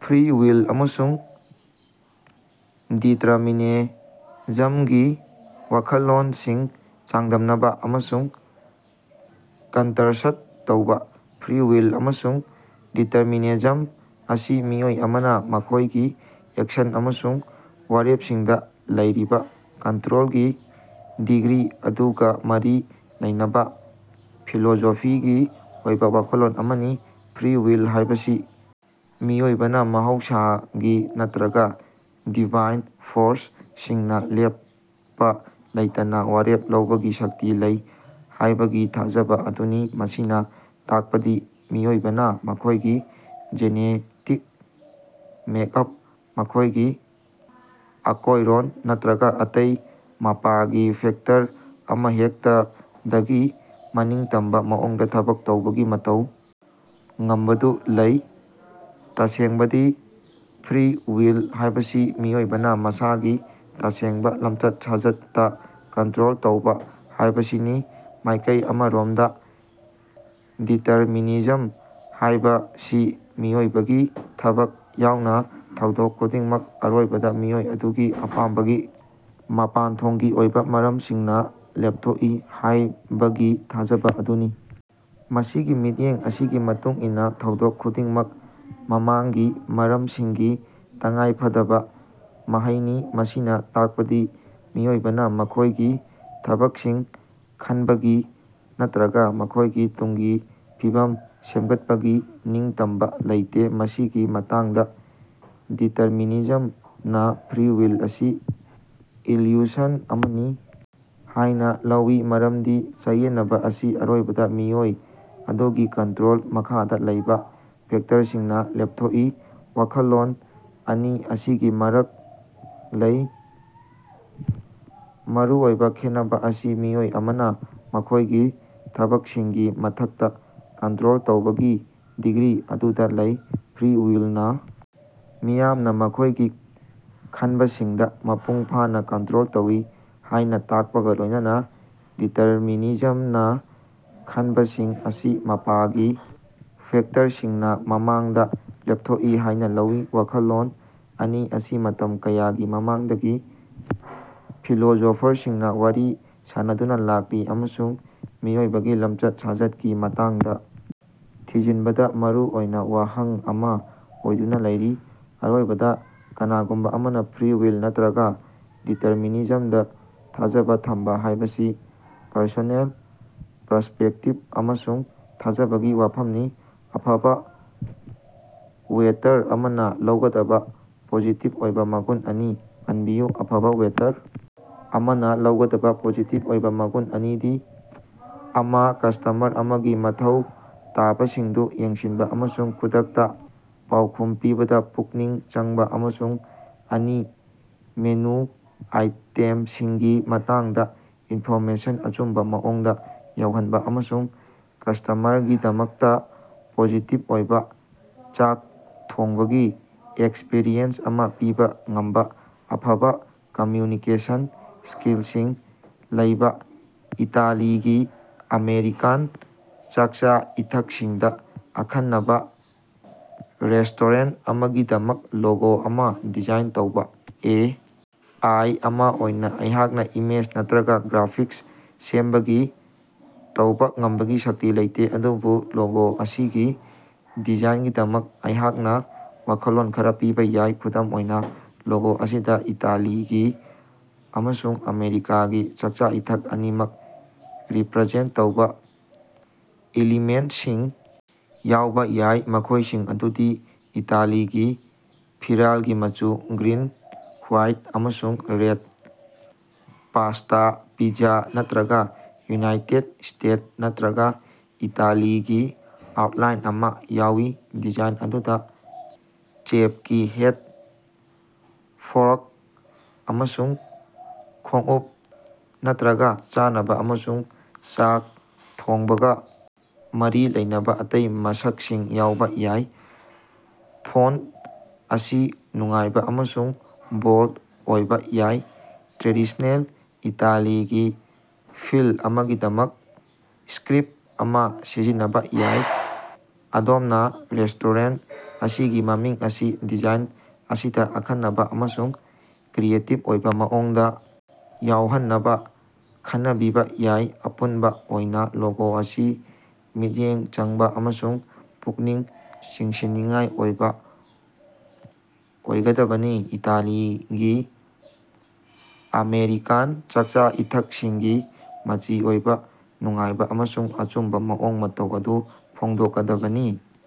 Free will ꯑꯃꯁꯨꯡ ꯗꯤꯇ꯭ꯔꯃꯤꯅꯤꯖꯝꯒꯤ ꯋꯥꯈꯜꯂꯣꯟꯁꯤꯡ ꯆꯥꯡꯗꯝꯅꯕ ꯑꯃꯁꯨꯡ ꯀꯟꯇꯔꯁ꯭ꯠ ꯇꯧꯕ꯫ ꯐ꯭ꯔꯤ ꯋꯤꯜ ꯑꯃꯁꯨꯡ ꯗꯤꯇꯔꯃꯤꯅꯤꯖꯝ ꯑꯁꯤ ꯃꯤꯑꯣꯏ ꯑꯃꯅ ꯃꯈꯣꯌꯒꯤ ꯑꯦꯛꯁꯟ ꯑꯃꯁꯨꯡ ꯋꯥꯔꯦꯞꯁꯤꯡꯗ ꯂꯩꯔꯤꯕ ꯀꯟꯇ꯭ꯔꯣꯜꯒꯤ ꯗꯤꯒ꯭ꯔꯤ ꯑꯗꯨꯒ ꯃꯔꯤ ꯂꯩꯅꯕ ꯐꯤꯂꯣꯁꯣꯐꯤꯒꯤ ꯑꯣꯏꯕ ꯋꯥꯈꯜꯂꯣꯟ ꯑꯅꯤꯅꯤ꯫ ꯐ꯭ꯔꯤ ꯋꯤꯜ ꯍꯥꯏꯕꯁꯤ ꯃꯤꯑꯣꯏꯕꯅ ꯃꯍꯧꯁꯥꯒꯤ ꯅꯠꯇꯔꯒ ꯗꯤꯚꯥꯏꯟ ꯐꯣꯔ꯭ꯁ ꯁꯤꯡꯅ ꯂꯦꯞꯄ ꯂꯩꯇꯅ ꯋꯥꯔꯦꯞ ꯂꯧꯕꯒꯤ ꯁꯛꯇꯤ ꯂꯩ ꯍꯥꯏꯕꯒꯤ ꯊꯥꯖꯕ ꯑꯗꯨꯅꯤ꯫ ꯃꯁꯤꯅ ꯇꯥꯛꯄꯗꯤ ꯃꯤꯑꯣꯏꯕꯅ ꯃꯈꯣꯏꯒꯤ ꯖꯦꯅꯦꯇꯤꯛ ꯃꯦꯛꯑꯞ, ꯃꯈꯣꯏꯒꯤ ꯑꯀꯣꯌ꯭ꯔꯣꯟ ꯅꯠꯇꯔꯒ ꯑꯇꯩ ꯃꯄꯥꯒꯤ ꯐꯦꯛꯇꯔ ꯑꯃꯍꯦꯛꯇꯗꯒꯤ ꯃꯅꯤꯡꯇꯝꯕ ꯃꯑꯣꯡꯗ ꯊꯕꯛ ꯇꯧꯕꯒꯤ ꯇꯧꯕ ꯉꯝꯕꯗꯨ ꯂꯩ꯫ ꯇꯥꯁꯦꯡꯕꯗꯤ ꯐ꯭ꯔꯤ ꯋꯤꯜ ꯍꯥꯏꯕꯁꯤ ꯃꯤꯑꯣꯏꯕꯅ ꯃꯁꯥꯒꯤ ꯇꯥꯁꯦꯡꯕ ꯂꯝꯆꯠ-ꯁꯥꯖꯠꯇ ꯀꯟꯇ꯭ꯔꯣꯜ ꯇꯧꯕ ꯍꯥꯏꯕꯁꯤꯅꯤ꯫ ꯃꯥꯏꯀꯩ ꯑꯃꯔꯣꯝꯗ ꯗꯤꯇꯔꯃꯤꯅꯤꯖꯝ ꯍꯥꯏꯕꯁꯤ ꯃꯤꯑꯣꯏꯕꯒꯤ ꯊꯕꯛ ꯌꯥꯎꯅ ꯊꯧꯗꯣꯛ ꯈꯨꯗꯤꯡꯃꯛ ꯑꯔꯣꯏꯕꯗ ꯃꯤꯑꯣꯏ ꯑꯗꯨꯒꯤ ꯑꯄꯥꯝꯕꯒꯤ ꯃꯄꯥꯟꯊꯣꯡꯒꯤ ꯑꯣꯏꯕ ꯃꯔꯝꯁꯤꯡꯅ ꯂꯦꯞꯊꯣꯛꯏ ꯍꯥꯌꯕꯒꯤ ꯊꯥꯖꯕ ꯑꯗꯨꯅꯤ꯫ ꯃꯁꯤꯒꯤ ꯃꯤꯠꯌꯦꯡ ꯑꯁꯤꯒꯤ ꯃꯇꯨꯡ ꯏꯟꯅꯥ ꯊꯧꯗꯣꯛ ꯈꯨꯗꯤꯡꯃꯛ ꯃꯃꯥꯡꯒꯤ ꯃꯔꯝꯁꯤꯡꯒꯤ ꯇꯉꯥꯏꯐꯗꯕ ꯃꯍꯩꯅꯤ, ꯃꯁꯤꯅ ꯇꯥꯛꯄꯗꯤ ꯃꯤꯑꯣꯏꯕꯅ ꯃꯈꯣꯏꯒꯤ ꯊꯕꯛꯁꯤꯡ ꯈꯟꯕꯒꯤ ꯅꯠꯇꯔꯒ ꯃꯈꯣꯏꯒꯤ ꯇꯨꯡꯒꯤ ꯐꯤꯕꯝ ꯁꯦꯝꯒꯠꯄꯒꯤ ꯅꯤꯡꯇꯝꯕ ꯂꯩꯇꯦ꯫ ꯃꯁꯤꯒꯤ ꯃꯇꯥꯡꯗ, ꯗꯤꯇꯔꯃꯤꯅꯤꯖꯝ ꯅ ꯐ꯭ꯔꯤ ꯋꯤꯜ ꯑꯁꯤ ꯏꯜꯌꯨꯁꯟ ꯑꯃꯅꯤ ꯍꯥꯏꯅ ꯂꯧꯏ, ꯃꯔꯝꯗꯤ ꯆꯌꯦꯠꯅꯕ ꯑꯁꯤ ꯑꯔꯣꯏꯕꯗ ꯃꯤꯑꯣꯏ ꯑꯗꯨꯒꯤ ꯀꯇ꯭ꯔꯣꯜ ꯃꯈꯥꯗ ꯂꯩꯕ ꯐꯦꯛꯇꯔꯁꯤꯡꯅ ꯂꯦꯞꯊꯣꯛꯏ꯫ ꯋꯥꯈꯜꯂꯣꯟ ꯑꯅꯤ ꯑꯁꯤꯒꯤ ꯃꯔꯛ ꯂꯩꯕ ꯃꯔꯨꯑꯣꯏꯕ ꯈꯦꯠꯅꯕ ꯑꯁꯤ ꯃꯤꯑꯣꯏ ꯑꯃꯅ ꯃꯈꯣꯏꯒꯤ ꯊꯕꯛꯁꯤꯡꯒꯤ ꯃꯊꯛꯇ ꯀꯟꯇ꯭ꯔꯣꯜ ꯇꯧꯕꯒꯤ ꯗꯤꯒ꯭ꯔꯤ ꯑꯗꯨꯗ ꯂꯩ꯫ ꯐ꯭ꯔꯤ ꯋꯤꯜꯅ ꯃꯤꯌꯥꯝꯅ ꯃꯈꯣꯏꯒꯤ ꯈꯟꯕꯁꯤꯡꯗ ꯃꯄꯨꯡ ꯐꯥꯅ ꯀꯟꯇ꯭ꯔꯣꯜ ꯇꯧꯏ ꯍꯥꯏ ꯇꯥꯛꯄꯒ ꯂꯣꯏꯅꯅ ꯗꯤꯇꯔꯃꯤꯅꯤꯖꯝꯅ ꯈꯟꯕꯁꯤꯡ ꯑꯁꯤ ꯃꯄꯥꯒꯤ ꯐꯦꯛꯇꯔꯁꯤꯡꯅ ꯃꯃꯥꯡꯗ ꯂꯦꯞꯊꯣꯛꯏ ꯍꯥꯏꯅ ꯂꯧꯏ꯫ ꯋꯥꯈꯜꯂꯣꯟ ꯑꯅꯤ ꯑꯁꯤ ꯃꯇꯝ ꯀꯌꯥꯒꯤ ꯃꯃꯥꯡꯗꯒꯤ ꯐꯤꯂꯣꯁꯣꯐꯔꯁꯤꯡꯅ ꯋꯥꯔꯤ ꯁꯥꯅꯗꯨꯅ ꯂꯥꯛꯂꯤ ꯑꯃꯁꯨꯡ ꯃꯤꯑꯣꯏꯕꯒꯤ ꯂꯝꯆꯠ-ꯁꯥꯖꯠꯀꯤ ꯃꯇꯥꯡꯗ ꯊꯤꯖꯤꯟꯕꯗ ꯃꯔꯨ ꯑꯣꯏꯕ ꯋꯥꯍꯪ ꯑꯃ ꯑꯣꯏꯗꯨꯅ ꯂꯩꯔꯤ꯫ ꯑꯔꯣꯏꯕꯗ, ꯀꯅꯥꯒꯨꯝꯕ ꯑꯃꯅ ꯐ꯭ꯔꯤ ꯋꯤꯜ ꯅꯠꯇꯔꯒ ꯗꯤꯇꯔꯃꯤꯅꯤꯖꯝꯗ ꯊꯥꯖꯕ ꯊꯝꯕ ꯍꯥꯏꯕꯁꯤ ꯄ꯭ꯔꯁꯣꯅꯦꯜ ꯄꯔꯁ꯭ꯄꯦꯛꯇꯤꯕ ꯑꯃꯁꯨꯡ ꯊꯥꯖꯕꯒꯤ ꯋꯥꯐꯝꯅꯤ꯫ ꯑꯐꯕ ꯋꯦꯇꯔ ꯑꯃꯅ ꯂꯩꯒꯗꯕ ꯄꯣꯖꯤꯇꯤꯚ ꯑꯣꯏꯕ ꯃꯒꯨꯟ ꯑꯅꯤ ꯄꯟꯕꯤꯌꯨ꯫ ꯑꯐꯕ ꯋꯦꯇꯔ ꯑꯃꯅ ꯂꯩꯒꯗꯕ ꯄꯣꯖꯤꯇꯤꯚ ꯑꯣꯏꯕ ꯃꯒꯨꯟ ꯑꯅꯤꯗꯤ ꯑꯃꯀꯁꯇꯃꯔ ꯑꯃꯒꯤ ꯃꯊꯧ ꯇꯥꯕꯁꯤꯡꯗꯨ ꯌꯦꯡꯁꯤꯟꯕ ꯑꯃꯁꯨꯡ ꯈꯨꯗꯛꯇ ꯄꯥꯎꯈꯨꯝ ꯄꯤꯕꯗ ꯄꯨꯛꯅꯤꯡ ꯆꯪꯕ, ꯑꯃꯁꯨꯡ ꯑꯅꯤ ꯃꯦꯅꯨ ꯑꯥꯏꯇꯦꯝꯁꯤꯡꯒꯤ ꯃꯇꯥꯡꯗ ꯏꯟꯐꯣꯔꯃꯦꯁꯟ ꯑꯆꯨꯝꯕ ꯃꯑꯣꯡꯗ ꯌꯧꯍꯟꯕ ꯑꯃꯁꯨꯡ ꯀꯁꯇꯥꯃꯔꯒꯤꯗꯃꯛꯇ ꯄꯣꯖꯤꯇꯤꯚ ꯑꯣꯏꯕ ꯆꯥꯛ ꯊꯣꯡꯕꯒꯤ ꯑꯦꯛꯁꯄ꯭ꯔꯤꯌꯦꯟꯁ ꯑꯃ ꯄꯤꯕ ꯉꯝꯕ ꯑꯐꯕ ꯀꯝꯃ꯭ꯌꯨꯅꯤꯀꯦꯁꯟ ꯁ꯭ꯀꯤꯜꯁꯤꯡ ꯂꯩꯕ꯫ ꯏꯇꯥꯂꯤꯒꯤ-ꯑꯃꯦꯔꯤꯀꯥꯟ ꯆꯥꯛꯆꯥ-ꯏꯊꯛꯁꯤꯡꯗ ꯑꯈꯟꯅꯕ ꯔꯦꯁ꯭ꯇꯣꯔꯦꯟꯇ ꯑꯃꯒꯤꯗꯃꯛ ꯂꯣꯒꯣ ꯑꯃ ꯗꯤꯖꯥꯏꯟ ꯇꯧꯕ꯫ ꯑꯦ. ꯑꯥꯏ. ꯑꯃ ꯑꯣꯏꯅ ꯑꯩꯍꯥꯛꯅ ꯏꯃꯦꯖ ꯅꯠꯇꯔꯒ ꯒ꯭ꯔꯥꯐꯤꯛꯁ ꯁꯦꯝꯕꯒꯤ ꯇꯧꯕ ꯉꯝꯕꯒꯤ ꯁꯛꯇꯤ ꯂꯩꯇꯦ꯫ ꯑꯗꯨꯕꯨ ꯂꯣꯒꯣ ꯑꯁꯤꯒꯤ ꯗꯤꯖꯥꯏꯟꯒꯤꯗꯃꯛ ꯑꯩꯍꯥꯛꯅ ꯋꯥꯈꯜꯂꯣꯟ ꯈꯔ ꯄꯤꯕ ꯌꯥꯏ꯫ ꯈꯨꯗꯝ ꯑꯣꯏꯅ, ꯂꯣꯒꯣ ꯑꯁꯤꯗ ꯏꯇꯥꯂꯤꯒꯤ ꯑꯃꯁꯨꯡ ꯑꯥꯃꯦꯔꯤꯀꯥꯒꯤ ꯆꯥꯛꯆꯥ-ꯏꯊꯛ ꯑꯅꯤꯃꯛ ꯔꯤꯄꯔꯖꯦꯟꯠ ꯇꯧꯕ ꯏꯂꯤꯃꯦꯟꯠꯁꯤꯡ ꯌꯥꯎꯕ ꯌꯥꯏ, ꯃꯈꯣꯏꯁꯤꯡ ꯑꯗꯨꯗꯤ ꯏꯇꯥꯂꯤꯒꯤ ꯐꯤꯔꯥꯜꯒꯤ ꯃꯆꯨ (ꯒ꯭ꯔꯤꯟ, ꯍꯋ꯭ꯥꯏꯠ, ꯑꯃꯁꯨꯡ ꯔꯦꯗ), ꯄꯥꯁ꯭ꯇꯥ, ꯄꯤꯖꯥ ꯅꯠꯇꯔꯒ ꯌꯨꯅꯥꯏꯇꯦꯗ ꯁ꯭ꯇꯦꯠꯁ ꯅꯠꯇꯔꯒ ꯏꯇꯥꯂꯤꯒꯤ ꯑꯥꯎꯠꯂꯥꯏꯟ ꯑꯃꯥ ꯌꯥꯎꯏ꯫ ꯗꯤꯖꯥꯏꯟ ꯑꯗꯨꯗ ꯆꯦꯐꯀꯤ ꯍꯦꯠ, ꯐꯣꯔꯛ ꯑꯃꯁꯨꯡ ꯈꯣꯡꯎꯞ, ꯅꯠꯇꯔꯒ ꯆꯥꯅꯕ ꯑꯃꯁꯨꯡ ꯆꯥꯛ ꯊꯣꯡꯕꯒ ꯃꯔꯤ ꯂꯩꯅꯕ ꯑꯇꯩ ꯃꯁꯛꯁꯤꯡ ꯌꯥꯎꯕ ꯌꯥꯏ꯫ ꯐꯣꯟꯇ ꯑꯁꯤ ꯅꯨꯡꯉꯥꯏꯕ ꯑꯃꯁꯨꯡ ꯕꯣꯜꯗ ꯑꯣꯏꯕ ꯌꯥꯏ, ꯇ꯭ꯔꯦꯗꯤꯁ꯭ꯅꯦꯜ ꯏꯇꯥꯂꯤꯒꯤ ꯐꯤꯜ ꯑꯃꯒꯤꯗꯃꯛ ꯁ꯭ꯀꯔꯤꯞꯇ ꯑꯃ ꯁꯤꯖꯤꯟꯅꯕ ꯌꯥꯏ꯫ ꯑꯗꯣꯝꯅ ꯔꯦꯁ꯭ꯇꯣꯔꯦꯟꯇ ꯑꯁꯤꯒꯤ ꯃꯃꯤꯡ ꯑꯁꯤ ꯗꯤꯖꯥꯏꯟ ꯑꯁꯤꯗ ꯑꯈꯟꯅꯕ ꯑꯃꯁꯨꯡ ꯀ꯭ꯔꯤꯌꯦꯇꯤꯕ ꯑꯣꯏꯕ ꯃꯑꯣꯡꯗ ꯌꯥꯎꯍꯟꯅꯕ ꯈꯟꯅꯕꯤꯕ ꯌꯥꯏ꯫ ꯑꯄꯨꯟꯕ ꯑꯣꯏꯅ ꯂꯣꯒꯣ ꯑꯁꯤ ꯃꯤꯠꯌꯦꯡ ꯆꯪꯕ ꯑꯃꯁꯨꯡ ꯄꯨꯛꯅꯤꯡ ꯆꯤꯡꯁꯤꯟꯅꯤꯡꯉꯥꯏ ꯑꯣꯏꯕ ꯑꯣꯏꯒꯗꯕꯅꯤ, ꯏꯇꯥꯂꯤꯒꯤ-ꯑꯥꯃꯦꯔꯤꯀꯥꯟ ꯆꯥꯛꯆꯥ-ꯏꯊꯛꯁꯤꯡꯒꯤ ꯃꯆꯤ ꯑꯣꯏꯕ, ꯅꯨꯡꯉꯥꯏꯕ ꯑꯃꯁꯨꯡ ꯑꯆꯨꯝꯕ ꯃꯑꯣꯡ ꯃꯇꯧ ꯑꯗꯨ ꯐꯣꯡꯗꯣꯛꯀꯗꯕꯅꯤ꯫